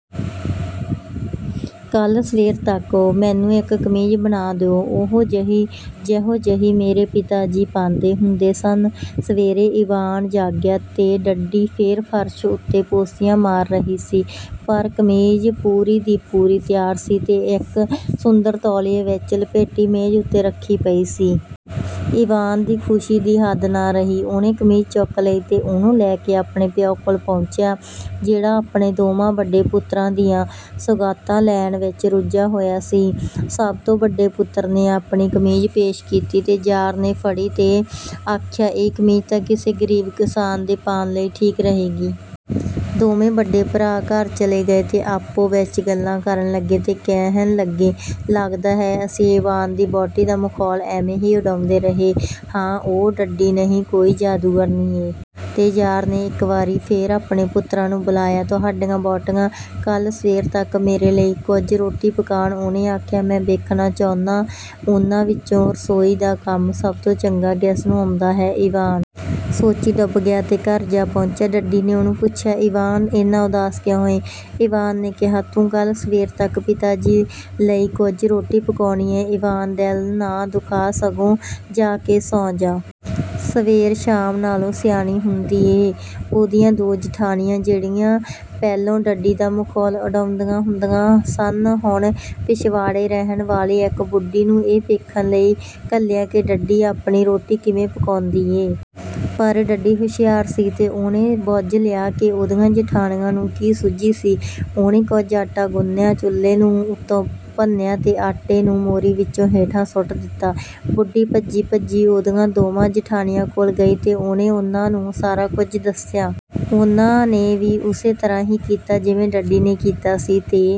ਕਲ੍ਹ ਸਵੇਰ ਤਕ ਮੈਨੂੰ ਇਕ ਕਮੀਜ਼ ਬਣਾ ਦਿਓ, ਓਹੋ ਜਿਹੀ ਜਿਹੋ ਜਿਹੀ ਮੇਰੇ ਪਿਤਾ ਜੀ ਪਾਂਦੇ ਹੁੰਦੇ ਸਨ। " ਸਵੇਰੇ ਈਵਾਨ ਜਾਗਿਆ ਤੇ ਡੱਡੀ ਫੇਰ ਫ਼ਰਸ਼ ਉਤੇ ਪੋਸੀਆਂ ਮਾਰ ਰਹੀ ਸੀ, ਪਰ ਕਮੀਜ਼ ਪੂਰੀ ਦੀ ਪੂਰੀ ਤਿਆਰ ਸੀ ਤੇ ਇਕ ਸੁੰਦਰ ਤੌਲੀਏ ਵਿਚ ਲਪੇਟੀ ਮੇਜ਼ ਉਤੇ ਰਖੀ ਪਈ ਸੀ। ਈਵਾਨ ਦੀ ਖੁਸ਼ੀ ਦੀ ਹੱਦ ਨਾ ਰਹੀ। ਉਹਨੇ ਕਮੀਜ਼ ਚੁਕ ਲਈ ਤੇ ਉਹਨੂੰ ਲੈ ਕੇ ਆਪਣੇ ਪਿਓ ਕੋਲ ਪਹੁੰਚਿਆ ਜਿਹੜਾ ਆਪਣੇ ਦੋਵਾਂ ਵਡੇ ਪੁੱਤਰਾਂ ਦੀਆਂ ਸੁਗਾਤਾਂ ਲੈਣ ਵਿਚ ਰੁੱਝਾ ਹੋਇਆ ਸੀ। ਸਭ ਤੋਂ ਵਡੇ ਪੁੱਤਰ ਨੇ ਆਪਣੀ ਕਮੀਜ਼ ਪੇਸ਼ ਕੀਤੀ, ਤੇ ਜ਼ਾਰ ਨੇ ਫੜੀ ਤੇ ਆਖਿਆ, "ਇਹ ਕਮੀਜ਼ ਤਾਂ ਕਿਸੇ ਗਰੀਬ ਕਿਸਾਨ ਦੇ ਪਾਣ ਲਈ ਠੀਕ ਰਹੇਗੀ।" ਦੋਵੇਂ ਵਡੇ ਭਰਾ ਘਰ ਚਲੇ ਗਏ ਤੇ ਆਪੋ ਵਿੱਚ ਗੱਲਾਂ ਕਰਨ ਲਗੇ ਤੇ ਕਹਿਣ ਲਗੇ, ਲੱਗਦਾ ਹੈ, ਅਸੀਂ ਈਵਾਨ ਦੀ ਵਹੁਟੀ ਦਾ ਮਖੌਲ ਐਵੇਂ ਹੀ ਉਡਾਂਦੇ ਰਹੇ ਹਾਂ। ਉਹ ਡੱਡੀ ਨਹੀਂ, ਕੋਈ ਜਾਦੂਗਰਨੀ ਏ। ਤੇ ਜ਼ਾਰ ਨੇ ਇੱਕ ਵਾਰੀ ਫੇਰ ਆਪਣੇ ਪੁੱਤਰਾਂ ਨੂੰ ਬੁਲਾਇਆ। "ਤੁਹਾਡੀਆਂ ਵਹੁਟੀਆਂ ਕਲ੍ਹ ਸਵੇਰ ਤਕ ਮੇਰੇ ਲਈ ਕੁਝ ਰੋਟੀ ਪਕਾਣ," ਉਹਨੇ ਆਖਿਆ। "ਮੈਂ ਵੇਖਣਾ ਚਾਹੁੰਨਾਂ, ਉਹਨਾਂ ਵਿੱਚੋਂ ਰਸੋਈ ਦਾ ਕੰਮ ਸਭ ਤੋਂ ਚੰਗਾ ਕਿਸਨੂੰ ਆਉਂਦਾ ਹੈ।"ਈਵਾਨ ਸੋਚੀਂ ਡੁੱਬ ਗਿਆ ਤੇ ਘਰ ਜਾ ਪਹੁੰਚਿਆ। ਡੱਡੀ ਨੇ ਉਹਨੂੰ ਪੁੱਛਿਆ, "ਈਵਾਨ, ਏਨਾ ਉਦਾਸ ਕਿਉਂ ਏਂ?" ਈਵਾਨ ਨੇ ਕਿਹਾ, "ਤੂੰ ਕੱਲ੍ਹ ਸਵੇਰ ਤੱਕ ਪਿਤਾ ਜੀ ਲਈ ਕੁਝ ਰੋਟੀ ਪਕਾਉਣੀ ਏਂ।""ਈਵਾਨ, ਦਿਲ ਨਾ ਦੁਖਾ, ਸਗੋਂ ਜਾ ਕੇ ਸੌਂ ਜਾ। ਸਵੇਰ ਸ਼ਾਮ ਨਾਲੋਂ ਸਿਆਣੀ ਹੁੰਦੀ ਏ।" ਉਹਦੀਆਂ ਦੋ ਜੇਠਾਣੀਆਂ, ਜਿਹੜੀਆਂ ਪਹਿਲੋਂ ਡੱਡੀ ਦਾ ਮਖੌਲ ਉਡਾਉਂਦੀਆਂ ਹੁੰਦੀਆਂ ਸਨ, ਹੁਣ ਪਿਛਵਾੜੇ ਰਹਿਣ ਵਾਲੀ ਇੱਕ ਬੁੱਢੀ ਨੂੰ ਇਹ ਵੇਖਣ ਲਈ ਘੱਲਿਆ ਕਿ ਡੱਡੀ ਆਪਣੀ ਰੋਟੀ ਕਿਵੇਂ ਪਕਾਉਂਦੀ ਏ? ਪਰ ਡੱਡੀ ਹੁਸ਼ਿਆਰ ਸੀ ਤੇ ਉਹਨੇ ਬੁੱਝ ਲਿਆ ਕਿ ਉਹਦੀਆਂ ਜੇਠਾਣੀਆਂ ਨੂੰ ਕੀ ਸੁੱਝੀ ਸੀ। ਉਹਨੇ ਕੁਝ ਆਟਾ ਗੁੰਨਿਆ, ਚੁੱਲ੍ਹੇ ਨੂੰ ਉੱਤੋਂ ਭੰਨਿਆ ਤੇ ਆਟੇ ਨੂੰ ਮੋਰੀ ਵਿੱਚੋਂ ਹੇਠਾਂ ਸੁੱਟ ਦਿੱਤਾ। ਬੁੱਢੀ ਭੱਜੀ-ਭੱਜੀ ਉਹਦੀਆਂ ਦੋਵਾਂ ਜੇਠਾਣੀਆਂ ਕੋਲ ਗਈ ਤੇ ਉਹਨੇ ਉਹਨਾਂ ਨੂੰ ਸਾਰਾ ਕੁਝ ਦੱਸਿਆ। ਉਹਨਾਂ ਨੇ ਵੀ ਓਸੇ ਤਰ੍ਹਾਂ ਹੀ ਕੀਤਾ, ਜਿਵੇਂ ਡੱਡੀ ਨੇ ਕੀਤਾ ਸੀ। ਤੇ